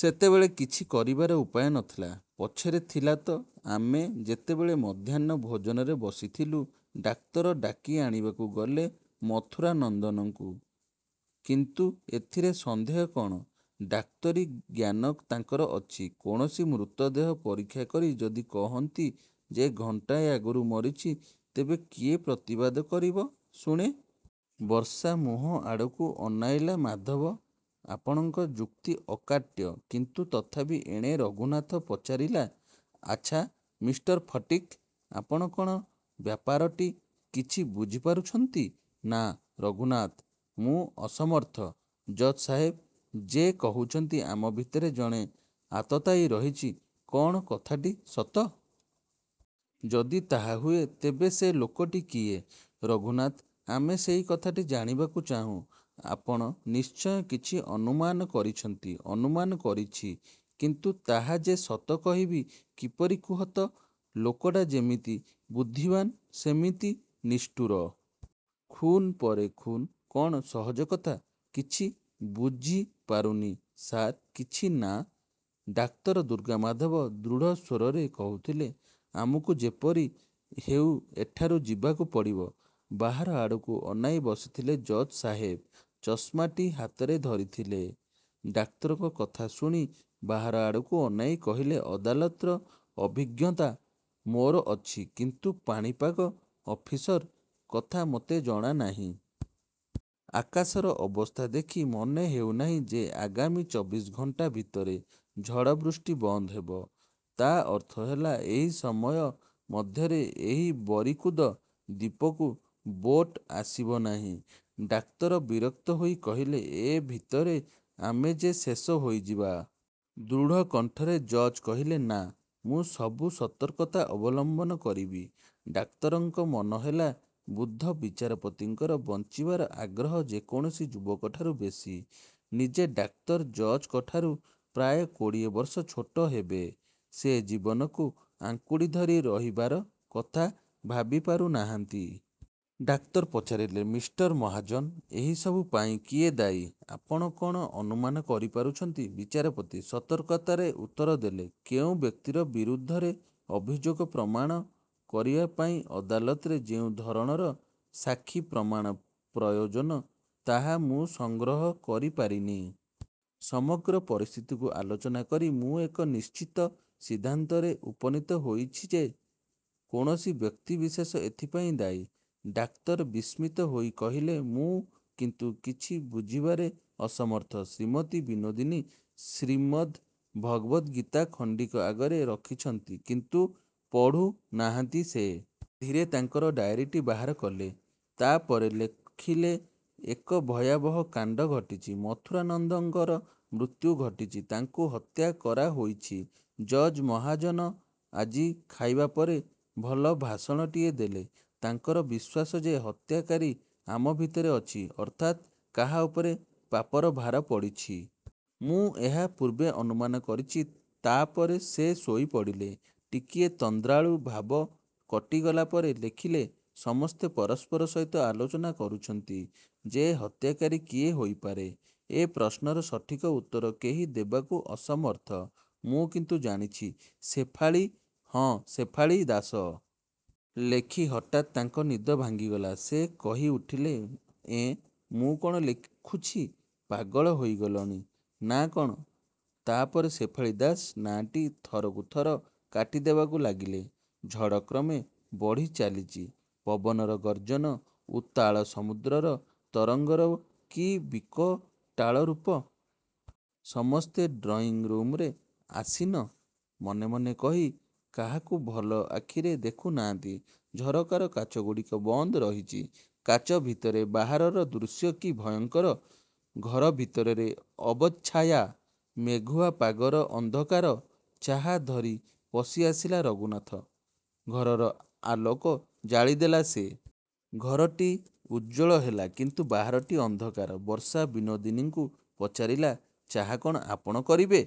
ସେତେବେଳେ କିଛି କରିବାର ଉପାୟ ନ ଥିଲା। ପଛରେ ଥିଲା ତ। ଆମେ ଯେତେବେଳେ ମଧ୍ୟାହ୍ନ ଭୋଜନରେ ବସିଥିଲୁ। ଡାକ୍ତର ଡାକି ଆଣିବାକୁ ଗଲେ ମଥୁରାନନ୍ଦଙ୍କୁ। କିନ୍ତୁ ଏଥିରେ ସନ୍ଦେହ କ'ଣ? ଡାକ୍ତରୀ ଜ୍ଞାନ ତାଙ୍କର ଅଛି। କୌଣସି ମୃତ ଦେହ ପରୀକ୍ଷା କରି ଯଦି କହନ୍ତି ଯେ ଘଣ୍ଟାଏ ଆଗରୁ ମରିଛି, ତେବେ କିଏ ପ୍ରତିବାଦ କରିବ, ଶୁଣେ? ବର୍ଷା ମୁହଁ ଆଡ଼କୁ ଅନାଇଲା ମାଧବ। ଆପଣଙ୍କର ଯୁକ୍ତି ଅକାଟ୍ୟ। କିନ୍ତୁ ତଥାପି ଏଣେ ରଘୁନାଥ ପଚାରିଲା, ଆଚ୍ଛା, ମିଷ୍ଟର ଫଟିକ୍, ଆପଣ କ'ଣ ବ୍ୟାପାରଟି କିଛି ବୁଝିପାରୁଛନ୍ତି? ନା ରଘୁନାଥ ମୁଁ ଅସମର୍ଥ। ଜଜ୍ ସାହେବ ଯେ କହୁଛନ୍ତି, "ଆମ ଭିତରେ ଜଣେ ଆତତାୟୀ ରହିଛି, କ'ଣ କଥାଟା ସତ"? ଯଦି ତାହା ହୁଏ ତେବେ ସେ ଲୋକଟି କିଏ? ରଘୁନାଥ, ଆମେ ସେଇ କଥାଟି ଜାଣିବାକୁ ଚାହୁଁ। ଆପଣ ନିଶ୍ଚୟ କିଛି ଅନୁମାନ କରିଛନ୍ତି। ଅନୁମାନ କରିଛି, କିନ୍ତୁ ତାହା ଯେ ସତ କହିବି କିପରି କୁହ ତ। ଲୋକଟା ଯେମିତି ବୁଦ୍ଧିମାନ୍ ସେମିତି ନିଷ୍ଠୁର। ଖୁନ୍ ପରେ ଖୁନ୍ କ'ଣ ସହଜ କଥା। କିଛି ବୁଝିପାରୁନି ସାର୍ କିଛି ନା। ଡାକ୍ତର ଦୁର୍ଗାମାଧବ ଦୃଢ଼ ସ୍ଵରରେ କହୁଥିଲେ, ଆମକୁ ଯେପରି ହେଉ ଏଠାରୁ ଯିବାକୁ ପଡ଼ିବ। ବାହାର ଆଡ଼କୁ ଅନାଇ ବସିଥିଲେ ଜଜ୍ ସାହେବ। ଚଷମାଟି ହାତରେ ଧରିଥିଲେ। ଡାକ୍ତରଙ୍କ କଥା ଶୁଣି ବାହାର ଆଡ଼କୁ ଅନାଇ କହିଲେ ଅଦାଲତର ଅଭିଜ୍ଞତା ମୋର ଅଛି। କିନ୍ତୁ ପାଣିପାଗ ଅଫିସର କଥା ମୋତେ ଜଣା ନାହିଁ। ଆକାଶର ଅବସ୍ଥା ଦେଖି ମନେହେଉନାହିଁ ଯେ ଆଗାମୀ ଚବିଶ ଘଣ୍ଟା ଭିତରେ ଝଡ଼ ବୃଷ୍ଟି ବନ୍ଦ ହେବ। ତା ଅର୍ଥ ହେଲା, ଏହି ସମୟ ମଧ୍ୟରେ ଏହି ବରିକୁଦ ଦ୍ଵୀପକୁ ବୋଟ ଆସିବ ନାହିଁ। ଡାକ୍ତର ବିରକ୍ତ ହୋଇ କହିଲେ। ଏ ଭିତରେ ଆମେ ଯେ ଶେଷ ହୋଇଯିବା। ଦୃଢ଼ କଣ୍ଠରେ ଜଜ୍ କହିଲେ, ନା ମୁଁ ସବୁ ସତର୍କତା ଅବଲମ୍ବନ କରିବି। ଡାକ୍ତରଙ୍କର ମନେହେଲା ବୃଦ୍ଧ ବିଚାରପତିଙ୍କର ବଞ୍ଚିବାର ଆଗ୍ରହ ଯେକୌଣସି ଯୁବକଠାରୁ ବେଶି। ନିଜେ ଡାକ୍ତର ଜଜ୍ ଙ୍କଠାରୁ ପ୍ରାୟ କୋଡ଼ିଏ ବର୍ଷ ଛୋଟ ହେବେ। ସେ ଜୀବନକୁ ଆଙ୍କୁଡ଼ି ଧରି ରହିବାର କଥା ଭାବିପାରୁନାହାନ୍ତି। ଡାକ୍ତର ପଚାରିଲେ, ମିଷ୍ଟର ମହାଜନ, ଏହିସବୁ ପାଇଁ କିଏ ଦାୟୀ, ଆପଣ କ'ଣ ଅନୁମାନ କରିପାରୁଛନ୍ତି? ବିଚାରପତି ସତର୍କତାରେ ଉତ୍ତର ଦେଲେ, କେଉଁ ବ୍ୟକ୍ତିର ବିରୁଦ୍ଧରେ ଅଭିଯୋଗ ପ୍ରମାଣ କରିବା ପାଇଁ ଅଦାଲତରେ ଯେଉଁ ଧରଣର ସାକ୍ଷୀ ପ୍ରମାଣ ପ୍ରୟୋଜନ ତାହା ମୁଁ ସଂଗ୍ରହ କରିପାରିନି। ସମଗ୍ର ପରିସ୍ଥିତିକୁ ଆଲୋଚନା କରି ମୁଁ ଏକ ନିଶ୍ଚିତ ସିଦ୍ଧାନ୍ତରେ ଉପନୀତ ହୋଇଛି ଯେ କୌଣସି ବ୍ୟକ୍ତିବିଶେଷ ଏଥିପାଇଁ ଦାୟୀ। ଡାକ୍ତର ବିସ୍ମିତ ହୋଇ କହିଲେ, ମୁଁ କିନ୍ତୁ କିଛି ବୁଝିବାରେ ଅସମର୍ଥ। ଶ୍ରୀମତୀ ବିନୋଦିନୀ ଶ୍ରୀମଦ୍ ଭଗବଦ୍ ଗୀତା ଖଣ୍ଡିକ ଆଗରେ ରଖିଛନ୍ତି ,କିନ୍ତୁ ପଢ଼ୁନାହାନ୍ତି ସେ। ସେ ଧୀରେ ତାଙ୍କର ଡାଏରୀଟି ବାହାର କଲେ। ତା ପରେ ଲେଖିଲେ, ଏକ ଭୟାବହ କାଣ୍ଡ ଘଟିଛି। ମଥୁରାନନ୍ଦଙ୍କର ମୃତ୍ୟୁ ଘଟିଛି। ତାଙ୍କୁ ହତ୍ୟା କରାହୋଇଛି। ଜଜ୍ ମହାଜନ ଆଜି ଖାଇବା ପରେ ଭଲ ଭାଷଣଟିଏ ଦେଲେ। ତାଙ୍କର ବିଶ୍ୱାସ ଯେ ହତ୍ୟାକାରୀ ଆମ ଭିତରେ ଅଛି, ଅର୍ଥାତ୍ କାହା ଉପରେ ପାପର ଭାର ପଡ଼ିଛି। ମୁଁ ଏହା ପୂର୍ବେ ଅନୁମାନ କରିଛି। ତା ପରେ ସେ ଶୋଇପଡ଼ିଲେ। ଟିକିଏ ତନ୍ଦ୍ରାଳୁ ଭାବ କଟିଗଲା ପରେ ଲେଖିଲେ, ସମସ୍ତେ ପରସ୍ପର ସହିତ ଆଲୋଚନା କରୁଛନ୍ତି ଯେ ହତ୍ୟାକାରୀ କିଏ ହୋଇପାରେ? ଏ ପ୍ରଶ୍ନର ସଠିକ ଉତ୍ତର କେହି ଦେବାକୁ ଅସମର୍ଥ। ମୁଁ କିନ୍ତୁ ଜାଣିଛି, ଶେଫାଳୀ ହଁ, ଶେଫାଳୀ ଦାସ। ଲେଖି ହଠାତ୍ ତାଙ୍କର ନିଦ ଭାଙ୍ଗିଗଲା। ସେ କହିଉଠିଲେ, ଏଁ, ମୁଁ କ'ଣ ଲେଖୁଛି ?ପାଗଳ ହୋଇଗଲିଣି ନା କ'ଣ। ତା ପରେ ଶେଫାଳୀ ଦାସ ନାଁଟି ଥରକୁ ଥର କାଟିଦେବାକୁ ଲାଗିଲେ। ଝଡ଼ କ୍ରମେ ବଢ଼ିଚାଲିଛି। ପବନର ଗର୍ଜନ, ଉତ୍ତାଳ ସମୁଦ୍ରର ତରଙ୍ଗର କି ବିକଟାଳ ରୂପ! ସମସ୍ତେ ଡ୍ରଇଂ ରୁମରେ ଆସୀନ। ମନେ ମନେ କେହି କାହାକୁ ଭଲ ଆଖିରେ ଦେଖୁନାହାନ୍ତି। ଝରକାର କାଚଗୁଡ଼ିକ ବନ୍ଦ ରହିଛି। କାଚ ଭିତରେ ବାହାରର ଦୃଶ୍ୟ କି ଭୟଙ୍କର! ଘର ଭିତରେ ଅବଚ୍ଛାୟା। ମେଘୁଆ ପାଗର ଅନ୍ଧକାର। ଚାହା ଧରି ପଶିଆସିଲା ରଘୁନାଥ। ଘରର ଆଲୋକ ଜାଳିଦେଲା ସେ। ଘରଟି ଉଜ୍ଜ୍ଵଳ ହେଲା। କିନ୍ତୁ ବାହାରଟି ଅନ୍ଧକାର। ବର୍ଷା ବିନୋଦିନୀଙ୍କୁ ପଚାରିଲା। ଚାହା କ'ଣ ଆପଣ କରିବେ?